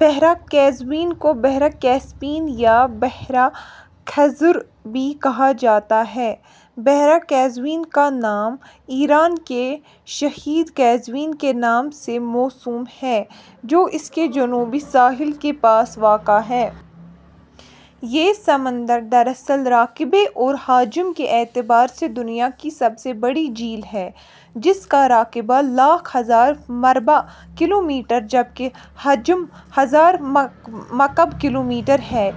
بحیرہ قزوین کو بحیرہ کاسپین یا بحیرہ خزر بھی کہا جاتا ہے۔ بحیرہ قزوین کا نام ایران کے شہر قزوین کے نام سے موسوم ہے، جو اس کے جنوبی ساحل کے پاس واقع ہے۔ یہ سمندر دراصل رقبے اور حجم کے اعتبار سے دنیا کی سب سے بڑی جھیل ہے، جس کا رقبہ لاکھ ہزار مربع کلومیٹر جبکہ حجم ہزار مکعب کلومیٹر ہے۔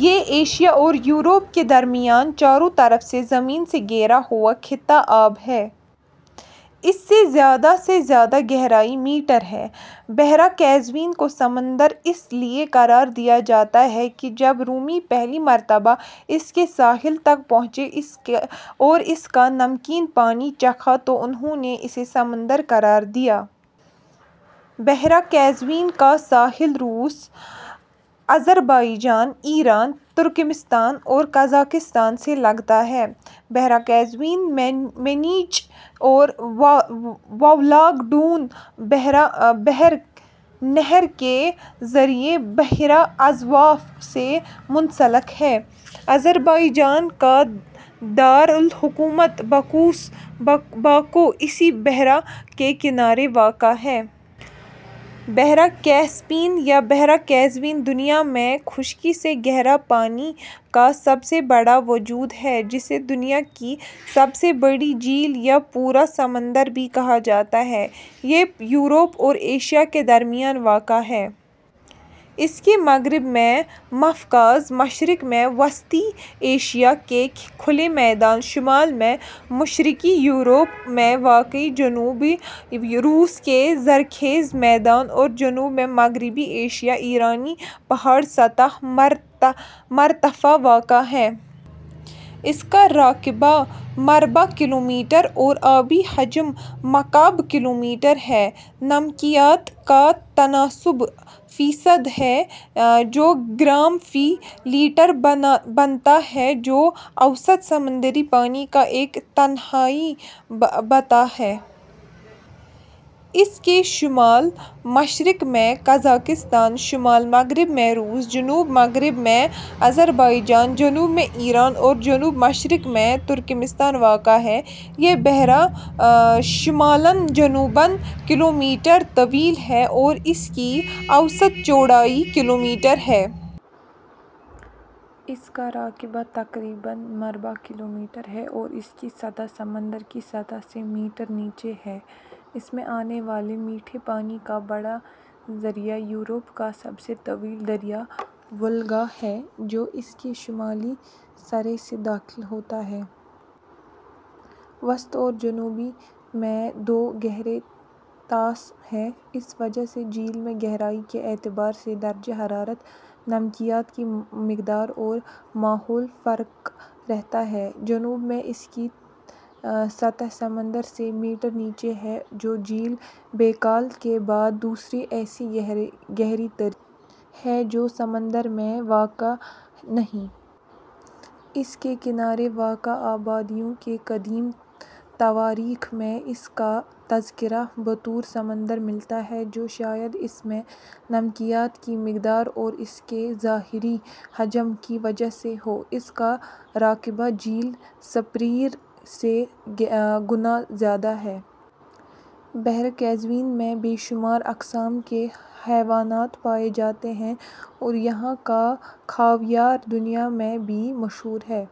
یہ ایشیا اور یورپ کے درمیان چاروں طرف سے زمین سے گھرا ہوا خطہ آب ہے۔ اس کی زیادہ سے زیادہ گہرائی میٹر ہے۔ بحیرہ قزوین کو سمندر اس لیے قرار دیا جاتا ہے کہ جب رومی پہلی مرتبہ اس کے ساحل تک پہنچے اور اس کا نمکین پانی چکھا تو انھوں نے اسے سمندر قرار دیا۔ بحیرہ قزوین کا ساحل روس ، آذربائجان ، ایران ، ترکمانستان اور قازقستان سے لگتا ہے۔ بحیرہ قزوین منیچ اور وولگا ڈون نہر کے ذریعے بحیرہ ازوف سے منسلک ہے۔ آذربائجان کا دار الحکومت باکو اسی بحیرہ کے کنارے واقع ہے۔ بحیرہ کیسپیئن یا بحیرہ قزوین دنیا میں خشکی سے گھرا پانی کا سب سے بڑا وجود ہے جسے دنیا کی سب سے بڑی جھیل یا پورا سمندر بھی کہا جاتا ہے۔ یہ یورپ اور ایشیا کے درمیان واقع ہے۔ اس کے مغرب میں قفقاز ، مشرق میں وسطی ایشیا کے کھلے میدان، شمال میں مشرقی یورپ میں واقع جنوبی روس کے زرخیز میدان اور جنوب میں مغربی ایشیائی ایرانی پہاڑی سطح مرتفع واقع ہیں۔ اس کا کل رقبہ ،، مربع کلومیٹر اور آبی حجم ، مکعب کلومیٹر ہے۔ نمکیات کا تناسب ء فیصد ہے جو گرام فی لیٹر بنتا ہے جو اوسط سمندری پانی کا ایک تہائی بتا ہے۔ اس کے شمال مشرق میں قازقستان ، شمال مغرب میں روس ، جنوب مغرب میں آذربائیجان ، جنوب میں ایران اور جنوب مشرق میں ترکمانستان واقع ہیں۔ یہ بحیرہ شمالاً جنوباً ، کلومیٹر طویل ہے اور اس کی اوسط چوڑائی کلومیٹر ہے۔ اس کا کل رقبہ تقریباً ،، مربع کلومیٹر ہے اور اس کی سطح سمندر کی سطح سے میٹر نیچے ہے۔ اس میں آنے والے میٹھے پانی کا بڑا ذریعہ یورپ کا سب سے طویل دریا وولگا ہے جو اس کے شمالی سرے سے داخل ہوتا ہے۔ وسط اور جنوب میں دو گہرے طاس ہیں۔ اس وجہ سے جھیل میں گہرائی کے اعتبار سے درجہ حرارت، نمکیات کی مقدار اور ماحول فرق رہتا ہے۔ جنوب میں اس کی تہ سطح سمندر سے ، میٹر نیچے ہے جو جھیل بیکال کے بعد دوسری ایسی گہری ترین تہ ہے جو سمندر میں واقع نہیں۔ اس کے کنارے واقع آبادیوں کی قدیم تواریخ میں اس کا تذکرہ بطور سمندر ملتا ہے جو شاید اس میں نمکیات کی مقدار اور اس کے ظاہری حجم کی وجہ سے ہو۔ اس کا رقبہ جھیل سپیریئر سے گنا زیادہ ہے۔ بحیرہ قزوین میں بے شمار اقسام کے حیوانات پائے جاتے ہیں اور یہاں کا خاویار دنیا بھر میں مشہور ہیں۔